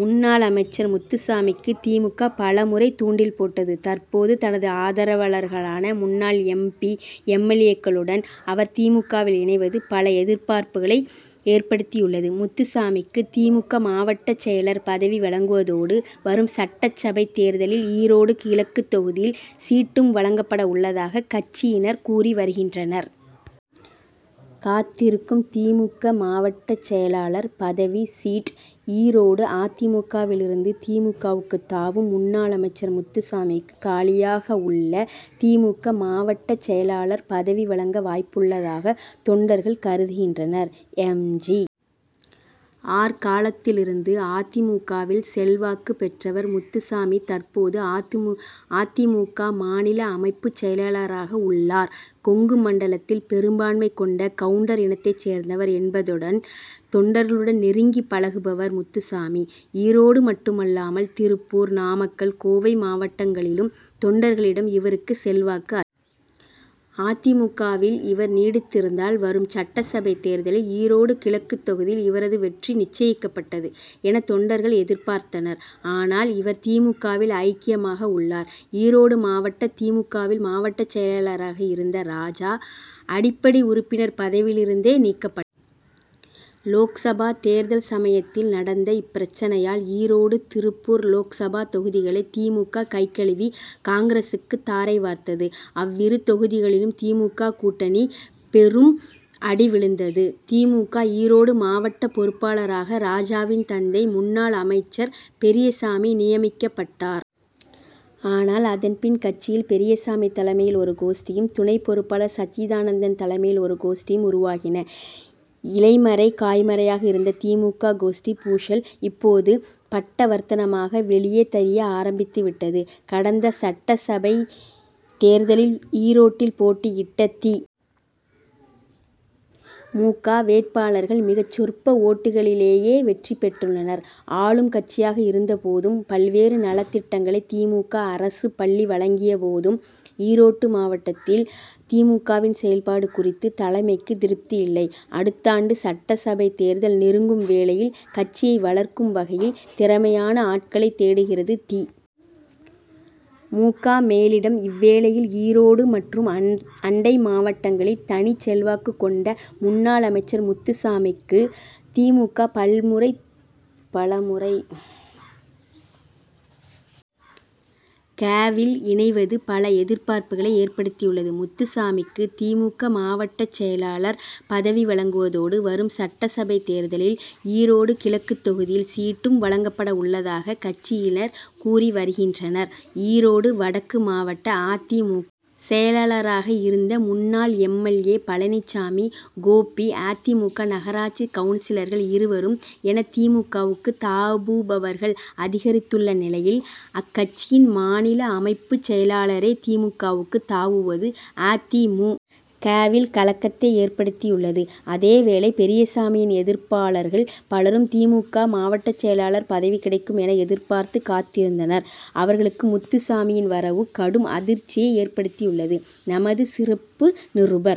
முன்னாள் அமைச்சர் முத்துசாமிக்கு தி. மு. க. பல முறை தூண்டில் போட்டது. தற்போது தனது ஆதரவாளர்களான முன்னாள் எம். பி. எம். எல். ஏ.க்களுடன்அவர் தி. மு. க.,வில் இணைவது, பல எதிர்பார்ப்புகளை ஏற்படுத்தியுள்ளது. முத்து சாமிக்கு தி. மு. க. மாவட்டச் செயலர் பதவி வழங்குவதோடு, வரும் சட்டசபைத் தேர்தலில் ஈரோடு கிழக்கு தொகுதியில், சீட்டும் வழங்கப்பட உள்ளதாக கட்சியினர் கூறிவருகின்றனர். காத்திருக்கும் தி. மு. க.மாவட்ட செயலாளர் பதவி சீட்' ஈரோடு அ. தி. மு. க.,வில் இருந்து தி. மு. க.,வுக்கு தாவும் முன்னாள் அமைச்சர் முத்துசாமிக்கு, காலியாகவுள்ள தி. மு. க., மாவட்ட செயலாளர் பதவி வழங்க வாய்ப்புள்ளதாக தொண்டர்கள் கருதுகின்றனர். எம். ஜி. ஆர்., காலத்திலிருந்து அ. தி. மு. க.,வில் செல்வாக்கு பெற்றவர் முத்துசாமி. தற்போது அ. தி. மு. க., மாநில அமைப்பு செயலாளராக உள்ளார். கொங்கு மண்டலத்தில் பெரும்பான்மை கொண்ட கவுண்டர் இனத்தை சேர்ந்தவர் என்பதுடன், தொண்டர்களுடன் நெருங்கி பழகுபவர் முத்துசாமி. ஈரோடு மட்டுமல்லாமல், திருப்பூர், நாமக்கல், கோவை மாவட்டங்களிலும் தொண்டர்களிடம் இவருக்கு செல்வாக்கு அதிகம். அ. தி. மு. க.,வில் இவர் நீடித்திருந்தால், வரும் சட்டசபை தேர்தலில் ஈரோடு கிழக்கு தொகுதியில் இவரது வெற்றி நிச்சயிக்கப்பட்டது என தொண்டர்கள் எதிர்பார்த்தனர். ஆனால், இவர் தி. மு. க.,வில் ஐக்கியமாக உள்ளார். ஈரோடு மாவட்ட தி. மு. க.,வில் மாவட்ட செயலாளராக இருந்த ராஜா அடிப்படை உறுப்பினர் பதவியிலிருந்தே நீக்கப்பட்டார். லோக்சபா தேர்தல் சமயத்தில் நடந்த இப் பிரச்னையால் ஈரோடு, திருப்பூர் லோக்சபா தொகுதிகளை தி. மு. க.கைகழுவி, காங்கிரஸுக்கு தாரை வார்த்தது. அவ்விரு தொகுதிகளிலும் தி. மு. க., கூட்டணிக்கு பெரும் அடி விழுந்தது. தி. மு. க., ஈரோடு மாவட்ட பொறுப்பாளராக ராஜாவின் தந்தை, முன்னாள் அமைச்சர் பெரியசாமி நியமிக்கப்பட்டார். ஆனால், அதன் பின் கட்சியில் பெரியசாமி தலைமையில் ஒரு கோஷ்டியும், துணை பொறுப்பாளர் சச்சிதானந்தன் தலைமையில் ஒரு கோஷ்டியும் உருவாகின. இலைமறை காய் மறையாக இருந்த தி. மு. க., கோஷ்டி பூசல் இப்போது பட்டவர்த்தனமாக வெளியே தெரிய ஆரம்பித்து விட்டது. கடந்த சட்டசபை தேர்தலில் ஈரோட்டில் போட்டியிட்ட தி. மு. க., வேட்பாளர்கள் மிக சொற்ப ஓட்டுகளிலேயே வெற்றி பெற்றுள்ளனர். ஆளும் கட்சியாக இருந்தபோதும், பல் வேறு நலத்திட்டங்களை தி. மு. க., அரசு அள்ளி வழங்கிய போதும், ஈரோடு மாவட்டத்தில் தி. மு. க.,வின் செயல்பாடு குறித்து தலைமைக்கு திருப்தியில்லை. அடுத்தாண்டு சட்டசபை தேர்தல் நெருங்கும் வேளையில், கட்சியை வளர்க்கும் வகையில் திறமையான ஆட்களை தேடுகிறது தி. மு. க., மேலிடம். இவ்வேளையில் ஈரோடு மற்றும் அண்டை மாவட்டங்களில் தனி செல்வாக்கு கொண்ட முன்னாள் அமைச்சர் முத்துசாமிக்கு தி. மு. க., பல முறை தூண்டில் போட்டது. தற்போது தனது ஆதரவாளர்களான முன்னாள் எம். P., M. எல். ஏ.,க்களுடன் அவர் தி. மு. க.,வில் இணைவது பல எதிர்பார்ப்புகளை ஏற்படுத்தியுள்ளது. முத்துசாமிக்கு தி. மு. க., மாவட்ட செயலாளர் பதவி வழங்குவதோடு, வரும் சட்ட சபை தேர்தலில் ஈரோடு கிழக்கு தொகுதியில் சீட்'டும் வழங்கப்பட உள்ளதாக கட்சியினர் கூறி வருகின்றனர். ஈரோடு வடக்கு மாவட்ட அ. தி. மு. க., செயலாளராக இருந்த முன்னாள் M. L. A., Palaniswami, Gobi அ. தி. மு. க., நகராட்சி கவுன்சிலர்கள் இருவர் என தி. மு. க.,வுக்கு தாவுபவர்கள் அதிகரித்துள்ள நிலையில், அக்கட்சியின் மாநில அமைப்பு செயலாளரே தி. மு. க.,வுக்கு தாவுவது அ. தி. மு. க.,வில் கலக்கத்தை ஏற்படுத்தியுள்ளது. அதே வேளை, பெரியசாமியின் எதிர்ப்பாளர்கள் பலரும் தி. மு. க., மாவட்ட செயலாளர் பதவி கிடைக்கும் என எதிர்பார்த்து காத்திருந்தனர். அவர்களுக்கு முத்துசாமியின் வரவு கடும் அதிர்ச்சியை ஏற்படுத்தியுள்ளது. -நமதுசிறப்பு நிருபர்-